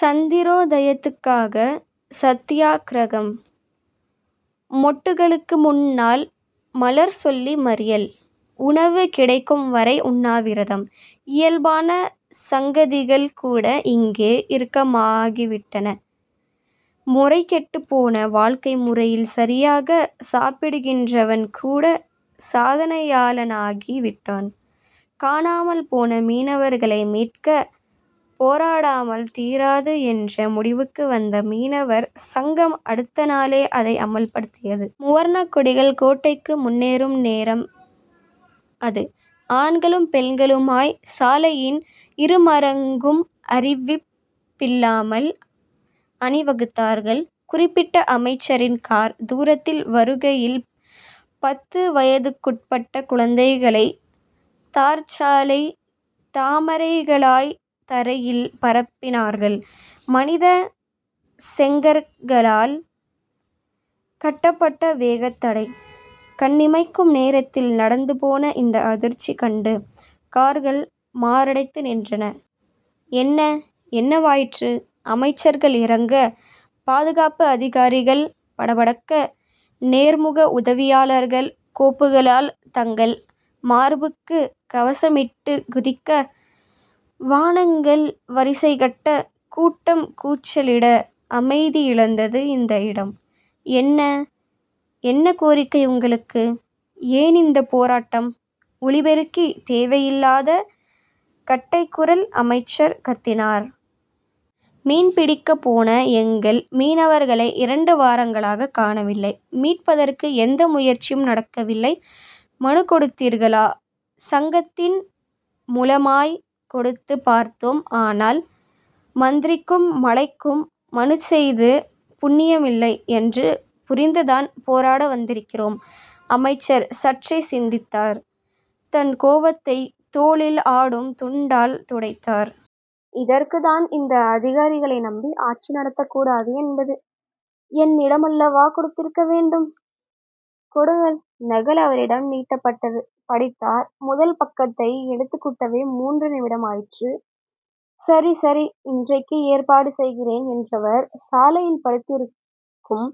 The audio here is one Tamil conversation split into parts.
சந்திரோதயத்துக்காக சத்தியாக்கிரகம். மொட்டுகளுக்கு முன்னால் மலரச்சொல்லி மறியல். உணவு கிடைக்கும்வரை உண்ணாவிரதம். இயல்பான சங்கதிகள்கூட இங்கே இறுக்கமாகிவிட்டன. முறைகெட்டுப்போன வாழ்க்கை முறையில் சரியாகச் சாப்பிடுகிறவன்கூடச் சாதனையாளனாகி விட்டான். காணாமல் போன மீனவர்களை மீட்கப் போராடாமல் தீராது என்ற முடிவுக்கு வந்த மீனவர் சங்கம் அடுத்த நாளே அதை அமல்படுத்தியது. முவர்ணக்கொடிகள் கோட்டைக்கு முன்னேறும் நேரம் அது. ஆண்களும் பெண்களுமாய்ச் சாலையின் இருமருங்கும் அறிவிப்பில்லாமல் அணிவகுத்தார்கள். குறிப்பிட்ட அமைச்சரின் கார் தூரத்தில் வருகையில் பத்து வயதுக்குட்பட்ட குழந்தைகளைத் தார்ச்சாலைத் தாமரைகளாய்த் தரையில் பரப்பினார்கள். மனிதச் செங்கற்களால் கட்டப்பட்ட வேகத்தடை. கண்ணிமைக்கும் நேரத்தில் நடந்துபோன இந்த அதிர்ச்சி கண்டு கார்கள் மாரடைத்து நின்றன. என்ன? என்னவாயிற்று? அமைச்சர்கள் இறங்க, பாதுகாப்பு அதிகாரிகள் படபடக்க நேர்முக உதவியாளர்கள் கோப்புகளால் தங்கள் மார்புக்குக் கவசமிட்டுக் குதிக்க, வாகனங்கள் வரிசைகட்ட, கூட்டம் கூச்சலிட அமைதி இழந்தது அந்த இடம். என்ன? என்ன கோரிக்கை உங்களுக்கு? ஏனிந்தப் போராட்டம்? ஒலிபெருக்கி தேவையில்லாத கட்டைக்குரல் அமைச்சர் கத்தினார். மீன் பிடிக்கப் போன எங்கள் மீனவர்களை இரண்டு வாரங்களாய்க் காணவில்லை. மீட்பதற்கு எந்த முயற்சியும் நடக்கவில்லை. மனுக்கொடுத்தீர்களா? சங்கத்தின் முலமாய்க் கொடுத்துப் பார்த்தோம். ஆனால், மந்திரிக்கும் மழைக்கும் மனுச்செய்து புண்ணியமில்லை என்று புரிந்துதான் போராட வந்திருக்கிறோம். அமைச்சர் சற்றே சிந்தித்தார். தன் கோபத்தைத் தோளில் ஆடும் துண்டால் துடைத்தார். இதற்குத்தான் இந்த அதிகாரிகளை நம்பி ஆட்சி நடத்தக்கூடாது என்பது. என்னிடமல்லவா கொடுத்திருக்க வேண்டும். கொடுங்கள். நகல் அவரிடம் நீட்டப்பட்டது. படித்தார். முதல் பக்கத்தை எழுத்துக்கூட்டவே முன்று நிமிடமாயிற்று. சரி. சரி. இன்றைக்கே ஏற்பாடு செய்கிறேன் என்றவர், சாலையில் படுத்திருக்கும்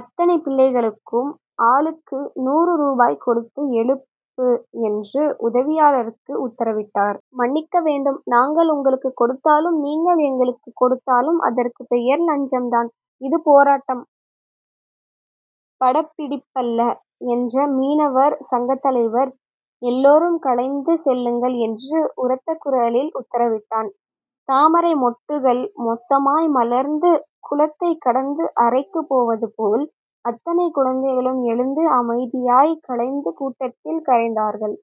அத்தனை பிள்ளைகளுக்கும் ஆளுக்கு நூறு ருபாய் கொடுத்து எழுப்பு என்று உதவியாளருக்கு உத்தரவிட்டார். மன்னிக்க வேண்டும் நாங்கள் உங்களுக்குக் கொடுத்தாலும் நீங்கள் எங்களுக்குக் கொடுத்தாலும் அதற்கு பெயர் லஞ்சம்தான். இது போராட்டம். படப்பிடிப்பல்ல. என்ற மீனவர் சங்கத்தலைவன், எல்லோரும் கலைந்து செல்லுங்கள் என்று உரத்த குரலில் உத்தரவிட்டான். தாமரை மொட்டுக்கள் மொத்தமாய் மலர்ந்து குளத்தைக் கடந்து கரைக்குப் போவது போல் அத்தனை குழந்தைகளும் எழுந்து அமைதியாய்க் கலைந்து கூட்டத்தில் கரைந்தார்கள்.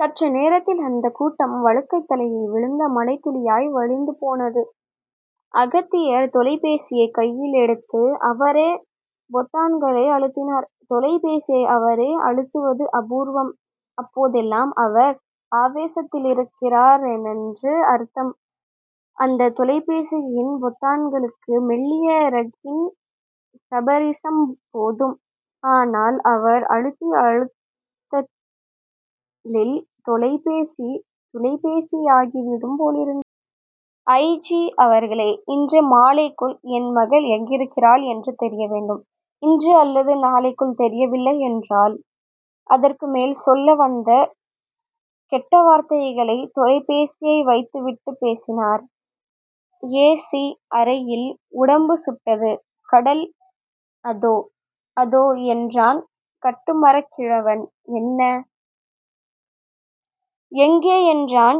சற்று நேரத்தில் அந்தக்கூட்டம் வழுக்கைத் தலையில் விழுந்த மழைத்துளியாய் வழிந்து போனது. அகத்தியர் தொலைபேசியைக் கையிலெடுத்து அவரே பொத்தான்களை அழுத்தினார். தொலைபேசியை அவரே அழுத்துவது அபூர்வம். அப்போதெல்லாம் அவர் ஆவேசத்திலிருக்கிறாரென்று அர்த்தம். அந்தத் தொலைபேசியின் பொத்தான்களுக்கு மெல்லிய இறகின் ஸபரிசம் போதும். ஆனால், அவர் அழுத்திய அழுத்தலில் தொலைபேசி துளைபேசியாகிவிடும் போலிருந்தது. ஐ. ஜி அவர்களே. இன்று மாலைக்குள், என் மகள் எங்கிருக்கிறாள் என்று தெரிய வேண்டும். இன்று அல்லது நாளைக்குள் தெரியவில்லையென்றால்... அதற்குமேல் சொல்ல வந்த கெட்டவார்த்தைகளைத் தொலைபேசியை வைத்துவிட்டுப் பேசினார். ஏ. ஸி. அறையில் உடம்பு சுட்டது. கடல் அதோ. அதோ. என்றான் கட்டுமரக்கிழவன். என்ன? எங்கே? என்றான்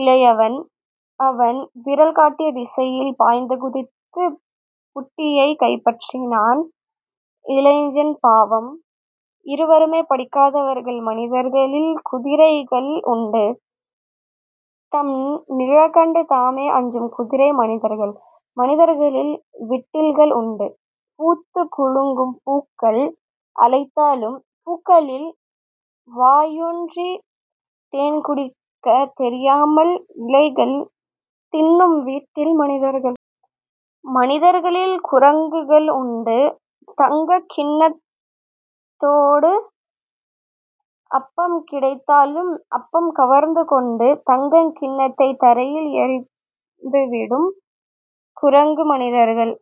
இளையவன். அவன் விரல் காட்டிய திசையில் பாய்ந்து குதித்துப் புட்டியை கைப்பற்றினான் இளைஞன் பாவம். இருவருமே படிக்காதவர்கள் மனிதர்களில் குதிரைகள் உண்டு. தம் நிழல் கண்டு தாமே அஞ்சும் குதிரை மனிதர்கள். மனிதர்களில் விட்டில்கள் உண்டு. பூத்துக் குலுங்கும் பூக்கள் அழைத்தாலும் பூக்களில் வாயூன்றித் தேன்குடிக்கத் தெரியாமல் இலைகள் தின்னும் விட்டில் மனிதர்கள். மனிதர்களில் குரங்குகள் உண்டு. தங்கக் கிண்ணத்தோடு அப்பம் கிடைத்தாலும் அப்பம் கவர்ந்துகொண்டு தங்கக்கிண்ணத்தைத் தரையில் எறிந்துவிடும் குரங்குமனிதர்கள்.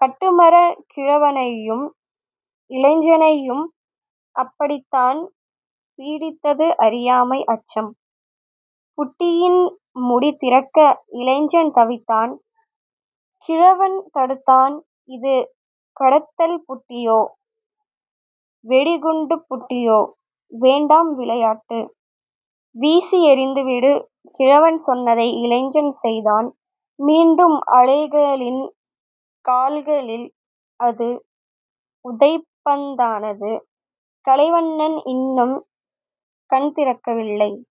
கட்டுமரக் கிழவனையும் இளைஞனையும் அப்படித்தான் பீடித்தது அறியாமை அச்சம். புட்டியின் முடி திறக்க இளைஞன் தவித்தான். கிழவன் தடுத்தான். இது கடத்தல் புட்டியோ. வெடிகுண்டுப் புட்டியோ. வேண்டாம் விளையாட்டு. வீசி எறிந்துவிடு. கிழவன் சொன்னதை இளைஞன் செய்தான். மீண்டும் அலைகளின் கால்களில் அது உதைபந்தானது. கலைவண்ணன் இன்னும் கண்திறக்கவில்லை.